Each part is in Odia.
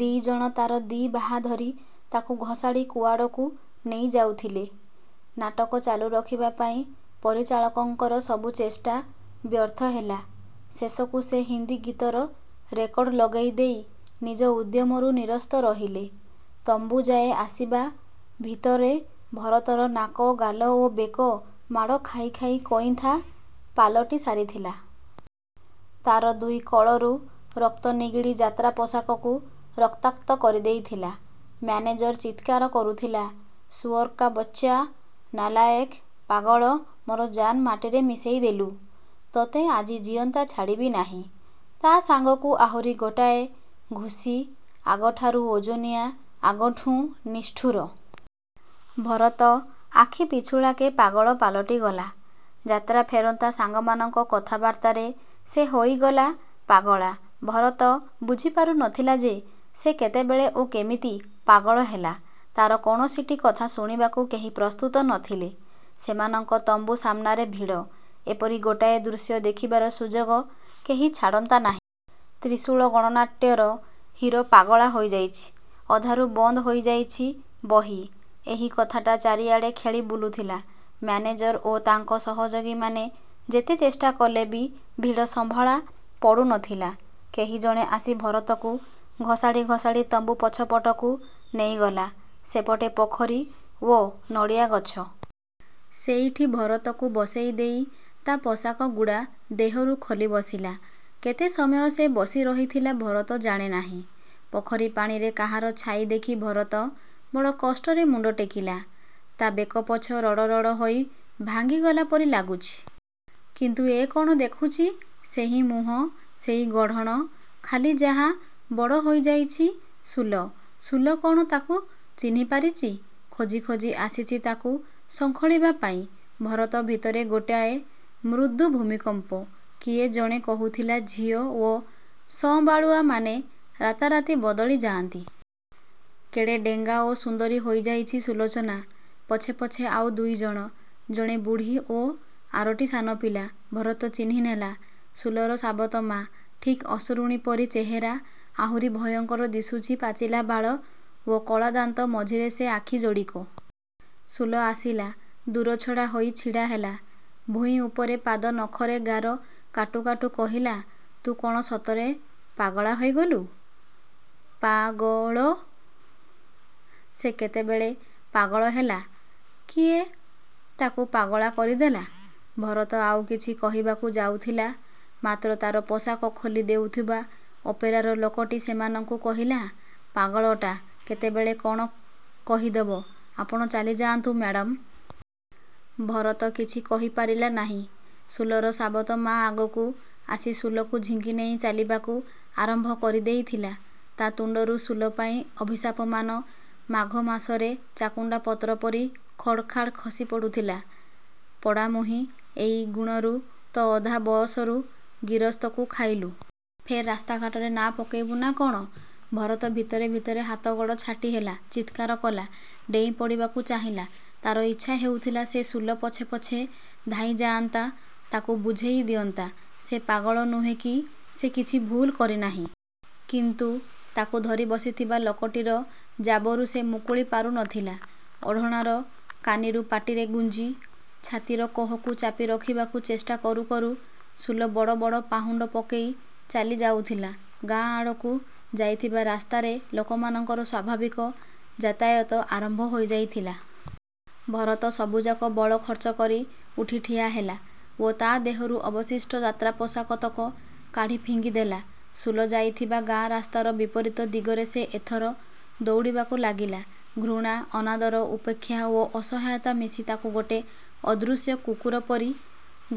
ଦି ଜଣ ତାର ଦି ବାହା ଧରି ତାକୁ ଘୋଷାଡ଼ି କୁଆଡ଼କୁ ନେଇଯାଉଥିଲେ। ନାଟକ ଚାଲୁ ରଖିବା ପାଇଁ ପରିଚାଳକଙ୍କର ସବୁ ଚେଷ୍ଟା ବ୍ୟର୍ଥ ହେଲା। ଶେଷକୁ ସେ ହିନ୍ଦୀ ଗୀତର ରେକର୍ଡ ଲଗେଇ ଦେଇ ନିଜ ଉଦ୍ୟମରୁ ନିରସ୍ତ ରହିଲେ। ତମ୍ବୁଯାଏ ଆସିବା ଭିତରେ ଭରତର ନାକ, ଗାଲ ଓ ବେକ ମାଡ଼ ଖାଇ ଖାଇ କଇଁଥା ପାଲଟି ସାରିଥିଲା। ତାର ଦୁଇ କଳରୁ ରକ୍ତ ନିଗିଡ଼ି ଯାତ୍ରା ପୋଷାକକୁ ରକ୍ତାକ୍ତ କରିଦେଇଥିଲା। ମ୍ୟାନେଜର ଚିତ୍କାର କରୁଥିଲା, "ସୁଅର୍କା ବଚ୍ଚା, ନାଲାଏକ୍। ପାଗଳ। ମୋର ଜାନ୍ ମାଟିରେ ମିଶେଇଦେଲୁ, ତୋତେ ଆଜି ଜିଅନ୍ତା ଛାଡ଼ିବି ନାହିଁ " ତା ସାଙ୍ଗକୁ ଆହୁରି ଗୋଟାଏ ଘୁଷି, ଆଗଠାରୁ ଓଜନିଆ, ଆଗଠୁଁ ନିଷ୍ଠୁର। ଭରତ ଆଖିପିଛୁଳାକେ ପାଗଳ ପାଲଟିଗଲା। ଯାତ୍ରାଫେରନ୍ତା ସାଙ୍ଗମାନଙ୍କ କଥାବାର୍ତ୍ତାରେ ସେ ହୋଇଗଲା ପାଗଳା। ଭରତ ବୁଝିପାରୁନଥିଲା ଯେ ସେ କେତେବେଳେ ଓ କେମିତି ପାଗଳ ହେଲା? ତାର କୌଣସିଟି କଥା ଶୁଣିବାକୁ କେହି ପ୍ରସ୍ତୁତ ନ ଥିଲେ। ସେମାନଙ୍କ ତମ୍ବୁ ସାମ୍ନାରେ ଭିଡ଼। ଏପରି ଗୋଟାଏ ଦୃଶ୍ୟ ଦେଖିବାର ସୁଯୋଗ କେହି ଛାଡ଼ନ୍ତା ନାହିଁ। 'ତ୍ରିଶୂଳ ଗଣନାଟ୍ୟ'ର ହିରୋ ପାଗଳା ହୋଇଯାଇଛି, ଅଧାରୁ ବନ୍ଦ ହୋଇଯାଇଛି ବହି, ଏହି କଥାଟା ଚାରିଆଡ଼େ ଖେଳିବୁଲୁଥିଲା। ମ୍ୟାନେଜର ଓ ତାଙ୍କ ସହଯୋଗୀମାନେ ଯେତେ ଚେଷ୍ଟା କଲେ ବି ଭିଡ଼ ସମ୍ଭଳା ପଡ଼ୁ ନଥିଲା। କେହିଜଣେ ଆସି ଭରତକୁ ଘୋଷାଡ଼ି ଘୋଷାଡ଼ି ତମ୍ବୁ ପଛପଟକୁ ନେଇଗଲା। ସେପଟେ ପୋଖରୀ ଓ ନଡ଼ିଆଗଛ। ସେଇଠି ଭରତକୁ ବସେଇ ଦେଇ ତା ପୋଷାକଗୁଡ଼ା ଦେହରୁ ଖୋଲି ବସିଲା। କେତେ ସମୟ ସେ ବସିରହିଥିଲା ଭରତ ଜାଣେ ନାହିଁ। ପୋଖରୀ ପାଣିରେ କାହାର ଛାଇ ଦେଖି ଭରତ ବଡ଼ କଷ୍ଟରେ ମୁଣ୍ଡ ଟେକିଲା। ତା ବେକପଛ ରଡ଼ରଡ଼ ହୋଇ ଭାଙ୍ଗିଗଲା ପରି ଲାଗୁଛି। କିନ୍ତୁ ଏ କଣ ଦେଖୁଛି! ସେଇ ମୁହଁ, ସେଇ ଗଢ଼ଣ। ଖାଲି ଯାହା ବଡ଼ ହୋଇଯାଇଛି ସୁଲ। ସୁଲ କଣ ତାକୁ ଚିହ୍ନିପାରିଛି! ଖୋଜି ଖୋଜି ଆସିଛି ତାକୁ ଶଙ୍ଖୋଳିବା ପାଇଁ! ଭରତ ଭିତରେ ଗୋଟାଏ ମୃଦୁ ଭୂମିକମ୍ପ। କିଏ ଜଣେ କହୁଥିଲା ଝିଅ ଓ ସଁବାଳୁଆମାନେ ରାତାରାତି ବଦଳି ଯାଆନ୍ତି। କେଡ଼େ ଡେଙ୍ଗା ଓ ସୁନ୍ଦରୀ ହୋଇଯାଇଛି ସୁଲୋଚନା? ପଛେ ପଛେ ଆଉ ଦୁଇଜଣ। ଜଣେ ବୁଢ଼ୀ ଓ ଆରଟି ସାନ ପିଲା। ଭରତ ଚିହ୍ନିନେଲା, ସୁଲର ସାବତ ମା। ଠିକ୍ ଅସୁରୁଣୀ ପରି ଚେହେରା, ଆହୁରି ଭୟଙ୍କର ଦିଶୁଛି ପାଚିଲା ବାଳ ଓ କଳାଦାନ୍ତ ମଝିର ସେ ଆଖିଯୋଡ଼ିକ। ସୁଲ ଆସିଲା। ଦୂରଛଡ଼ା ହୋଇ ଛିଡ଼ାହେଲା। ଭୂଇଁ ଉପରେ ପାଦ ନଖରେ ଗାର କାଟୁ କାଟୁ କହିଲା, "ତୁ କଣ ସତରେ ପାଗଳା ହୋଇଗଲୁ?" "ପା ଗ ଳ!" ସେ କେତେବେଳେ ପାଗଳ ହେଲା? କିଏ ତାକୁ ପାଗଳା କରିଦେଲା? ଭରତ ଆଉ କିଛି କହିବାକୁ ଯାଉଥିଲା, ମାତ୍ର ତାର ପୋଷାକ ଖୋଲି ଦେଉଥିବା ଅପେରାର ଲୋକଟି ସେମାନଙ୍କୁ କହିଲା, "ପାଗଳଟା, କେତେବେଳେ କଣ କହିଦେବ, ଆପଣ ଚାଲିଯାଆନ୍ତୁ ମ୍ୟାଡାମ୍।" ଭରତ କିଛି କହିପାରିଲା ନାହିଁ। ସୁଲର ସାବତ ମା ଆଗକୁ ଆସି ସୁଲକୁ ଝିଙ୍କିନେଇ ଚାଲିବାକୁ ଆରମ୍ଭ କରିଦେଇଥିଲା। ତା ତୁଣ୍ଡରୁ ସୁଲ ପାଇଁ ଅଭିଶାପମାନ ମାଘମାସରେ ଚାକୁଣ୍ଡା ପତ୍ର ପରି ଖଡ୍‌ଖାଡ୍ ଖସିପଡ଼ୁଥିଲା। "ପୋଡ଼ାମୁହୀଁ, ଏଇ ଗୁଣରୁ ତ ଅଧା ବଅସରୁ ଗିରସ୍ତକୁ ଖାଇଲୁ। ଫେର୍ ରାସ୍ତାଘାଟରେ ନାଁ ପକେଇବୁ ନା କ'ଣ?" ଭରତ ଭିତରେ ଭିତରେ ହାତଗୋଡ଼ ଛାଟିହେଲା, ଚିତ୍କାର କଲା। ଡେଇଁ ପଡ଼ିବାକୁ ଚାହିଁଲା। ତାର ଇଚ୍ଛା ହେଉଥିଲା ସେ ସୁଲ ପଛେ ପଛେ ଧାଇଁ ଯାଆନ୍ତା, ତାକୁ ବୁଝେଇ ଦିଅନ୍ତା। ସେ ପାଗଳ ନୁହେଁ କି ସେ କିଛି ଭୁଲ୍ କରିନାହିଁ। କିନ୍ତୁ ତାକୁ ଧରିବସିଥିବା ଲୋକଟିର ଜାବରୁ ସେ ମୁକୁଳି ପାରୁ ନଥିଲା। ଓଢ଼ଣାର କାନିକୁ ପାଟିରେ ଗୁଞ୍ଜି, ଛାତିର କୋହକୁ ଚାପି ରଖିବାକୁ ଚେଷ୍ଟା କରୁ କରୁ ସୁଲ ବଡ଼ ବଡ଼ ପାହୁଣ୍ଡ ପକେଇ ଚାଲିଯାଉଥିଲା। ଗାଁ ଆଡ଼କୁ ଯାଇଥିବା ରାସ୍ତାରେ ଲୋକମାନଙ୍କର ସ୍ୱାଭାବିକ ଯାତାୟାତ ଆରମ୍ଭ ହୋଇ ଯାଇଥିଲା। ଭରତ ସବୁଯାକ ବଳ ଖର୍ଚ୍ଚ କରି ଉଠି ଠିଆହେଲା ଓ ତା ଦେହରୁ ଅବଶିଷ୍ଟ ଯାତ୍ରାପୋଷାକତକ କାଢ଼ି ଫିଙ୍ଗିଦେଲା। ସୁଲ ଯାଇଥିବା ଗାଁ ରାସ୍ତାର ବିପରୀତ ଦିଗରେ ସେ ଏଥର ଦଉଡ଼ିବାକୁ ଲାଗିଲା। ଘୃଣା, ଅନାଦର, ଉପେକ୍ଷା ଓ ଅସହାୟତା ମିଶି ତାକୁ ଗୋଟେ ଅଦୃଶ୍ୟ କୁକୁର ପରି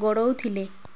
ଗୋଡ଼ଉଥିଲେ।